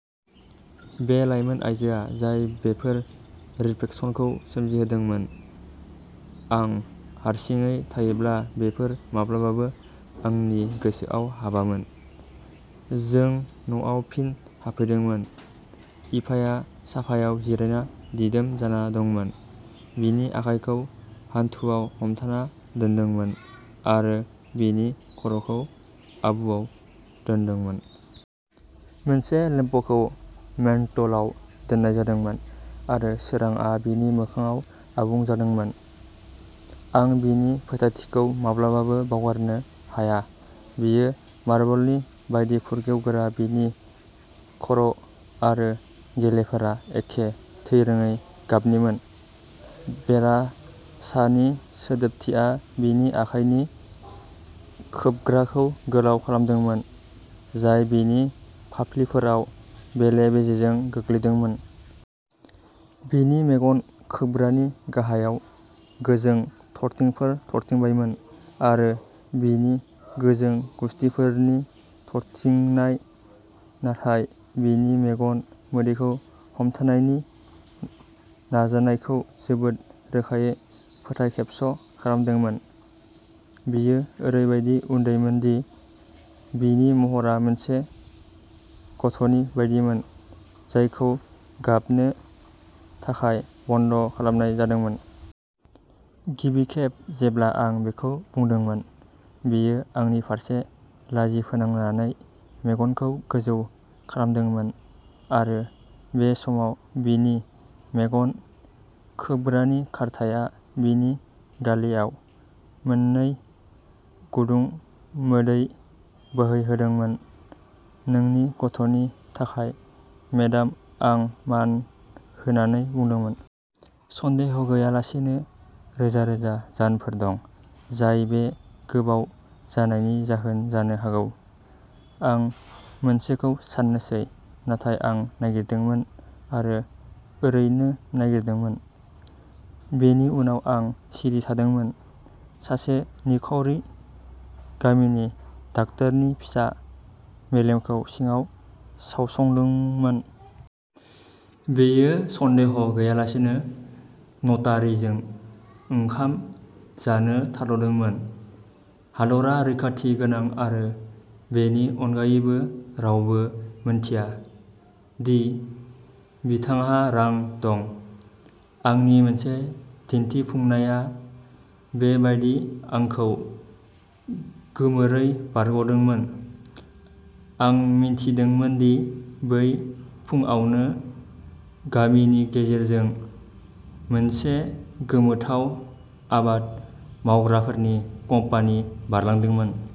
बे लाइमोन आइजोआ जाय बेफोर रिफ्लेकसनखौ सोमजिहोदोंमोन, आं हारसिङै थायोब्ला बेफोर माब्लाबाबो आंनि गोसोआव हाबामोन। जों न'आव फिन हाबफैदोंमोन। इभाया साफायाव जिरायना दिदोम जाना दंमोन, बिनि आखाइखौ हान्थुआव हमथाना दोनदोंमोन आरो बिनि खर'खौ आबुआव दोन्दोंमोन। मोनसे लेम्प'खौ मेन्टलाव दोननाय जादोंमोन आरो सोरांआ बिनि मोखांआव आबुं जादोंमोन। आं बिनि फोथायथिखौ माब्लाबाबो बावगारनो हाया बियो मार्बलनि बायदि फुरगेव गोरा बिनि खर' आरो गेलेफोरा एखे थैरोङै गाबनिमोन, बेलासानि सिदोबथिया बिनि आखाइनि खोबग्राखौ गोलाव खालामदोंमोन, जाय बिनि फाफ्लिफोराव बेले-बेजेजों गोग्लैदोंमोन। बिनि मेगन-खोबग्रानि गाहायाव गोजों थरथिंफोर थरथिंबायमोन आरो बिनि गोजों गुसथिफोरनि थरथिंनाय नाथाय बिनि मेगन मोदैखौ हमथानायनि नाजानायखौ जोबोद रोखायै फोथायखेबस' खालामदोंमोन। बियो ओरैबायदि उन्दैमोनदि बिनि महरा मोनसे गथ'नि बायदिमोन जायखौ गाबनो थाखाय बन्द' खालामनाय जादोंमोन। गिबि खेब जेब्ला आं बेखौ बुंदोंमोन, बियो आंनि फारसे लाजिफोनांनानै मेगनखौ गोजौ खालामदोंमोन आरो बे समाव बिनि मेगन-खोबग्रानि खारथाया बिनि गालेआव मोननै गुदुं मोदै बोहैहोदोंमोन "नोंनि गथ'नि थाखाय, मेडाम", आं मान होनानै बुंदोंमोन। सन्देह' गैयालासेनो, रोजा-रोजा जाहोनफोर दं जाय बे गोबाव जानायनि जाहोन जानो हागौ, आं मोनसेखौ सान्नोसै नाथाय आं नागिरदोंमोन आरो ओरैनो नागिरदोंमोन। बेनि उनाव आं सिरि थादोंमोन, सासे निखावरि गामिनि डाक्टारनि फिसा मेलेमखौ सिङाव सावसंदोंमोन। बियो, सन्देह' गैयालासेनो, नटारिजों ओंखाम जानो थाद'दोंमोन। हादरा रैखाथि गोनां आरो बेनि अनगायैबो रावबो मिन्थिया दि बिथांहा रां दं। आंनि मोनसे दिन्थिफुंनाया बेबायदि आंखौ गोमोरै बारग'दोंमोन। आं मिन्थिदोंमोन दि बै फुंआवनो गामिनि गेजेरजों मोनसे गोमोथाव आबाद मावग्राफोरनि कम्पानी बारलांदोंमोन।